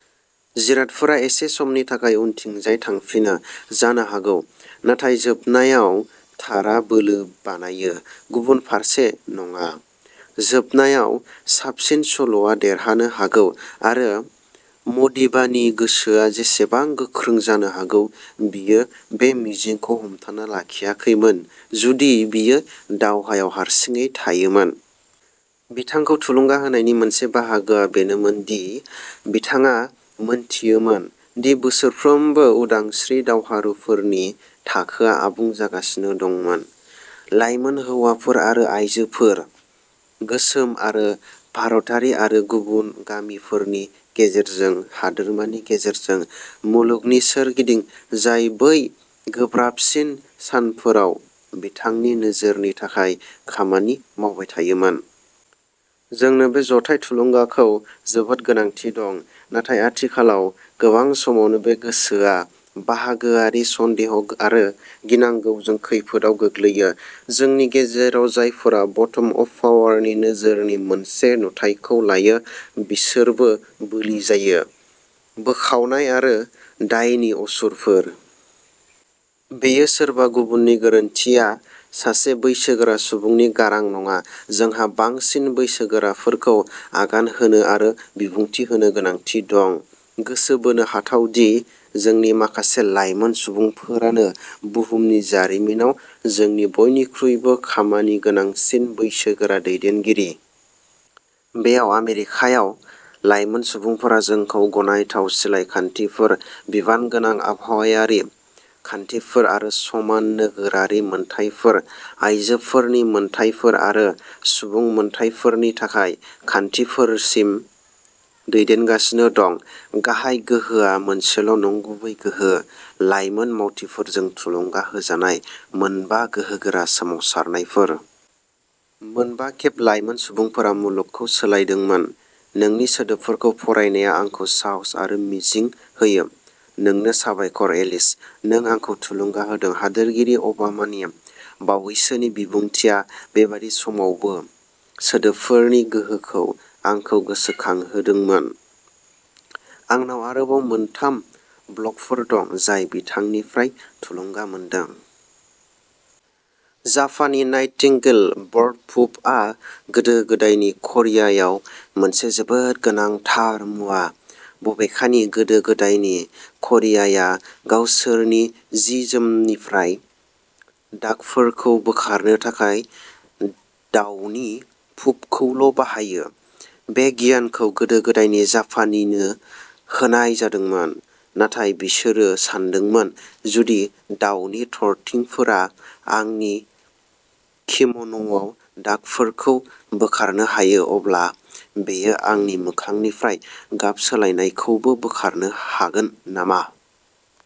जिरादफोरा एसे समनि थाखाय उनथिंजाय थांफिनो जानो हागौ, नाथाय जोबनायाव, थारआ बोलो बानायो, गुबुन फारसे नङा। जोबनायाव, साबसिन सल'आ देरहानो हागौ आरो मदिबानि गोसोआ जेसेबां गोख्रों जानो हागौ, बियो बे मिजिंखौ हमथाना लाखियाखैमोन जुदि बियो दावहायाव हारसिङै थायोमोन। बिथांखौ थुलुंगा होनायनि मोनसे बाहागोआ बेनोमोन दि बिथाङा मोनथियोमोन दि बोसोरफ्रोमबो, उदांस्रि दावहारुफोरनि थाखोआ आबुं जागासिनो दंमोन, लाइमोन हौवाफोर आरो आयजोफोर; गोसोम आरो भारतारि आरो गुफुर, गामिफोरनि गेजेरजों, हादोरमानि गेजेरजों, मुलुगनि सोरगिदिं, जाय बै गोब्राबसिन सानफोराव बिथांनि नोजोरनि थाखाय खामानि मावबाय थायोमोन। जोंनो बे जथाय थुलुंगाखौ जोबोद गोनांथि दं। नाथाय आथिखालाव गोबां समावनो, बे गोसोआ बाहागोआरि, सन्देह आरो गिनांगौजों खैफोदआव गोग्लैयो। जोंनि गेजेराव जायफोरा ब'टम आप पावारनि नोजोरनि मोनसे नुथायखौ लायो, बिसोरबो बोलि जायो। बोखावनाय आरो दायनि असुरफोर। "बेयो सोरबा गुबुननि गोरोन्थि" आ सासे बैसोगोरा सुबुंनि गारां नङा। जोंहा बांसिन बैसोगोराफोरखौ आगान होनो आरो बिबुंथि होनो गोनांथि दं। गोसो बोनो हाथाव दि, जोंनि माखासे लाइमोन सुबुंफोरानो बुहुमनि जारिमिनाव जोंनि बयनिख्रुइबो खामानिगोनांसिन बैसोगोरा दैदेनगिरि। बेयाव आमेरिकायाव, लाइमोन सुबुंफोरा जोंखौ गनायथाव सिलाइ खान्थिफोर, बिबानगोनां आबहावायारि खान्थिफोर आरो समान नोगोरारि मोनथायफोर, आयजोफोरनि मोनथायफोर आरो सुबुं मोनथायफोरनि थाखाय खान्थिफोरसिम दैदेनगासिनो दं। गाहाय गोहोआ मोनसेल'नंगुबै गोहो। लाइमोन मावथिफोरजों थुलुंगा होजानाय मोनबा गोहोगोरा सोमावसारनायफोर। मोनबा खेब लाइमोन सुबुंफोरा मुलुगखौ सोलायदोंमोन। नोंनि सोदोबफोरखौ फरायनाया आंखौ साहस आरो मिजिं होयो। नोंनो साबायखर, एलिस। नों आंखौ थुलुंगा होदों। हादोरगिरि अबामानि बावैसोनि बिबुंथिआ बेबादि समावबो सोदोबफोरनि गोहोखौ आंखौ गोसोखांहोदोंमोन। आंनाव आरोबाव मोनथाम ब्लगफोर दं, जाय बिथांनिफ्राय थुलुंगा मोनदों। जापानी नाइटिंगेल बर्ड पुपआ गोदो-गोदायनि करियायाव मोनसे जोबोद गोनांथार मुवा। बबेखानि, गोदो-गोदायनि करियाया गावसोरनि जि-जोमनिफ्राय दागफोरखौ बोखारनो थाखाय दावनि पुपखौल'बाहायो। बे गियानखौ गोदो-गोदायनि जापानिनो होनाय जादोंमोन नाथाय बिसोरो सानदोंमोन, "जुदि दावनि थरथिंफोरा आंनि किमन'आव दागफोरखौ बोखारनो हायो, अब्ला बेयो आंनि मोखांनिफ्राय गाब सोलायनायखौबो बोखारनो हागोन नामा?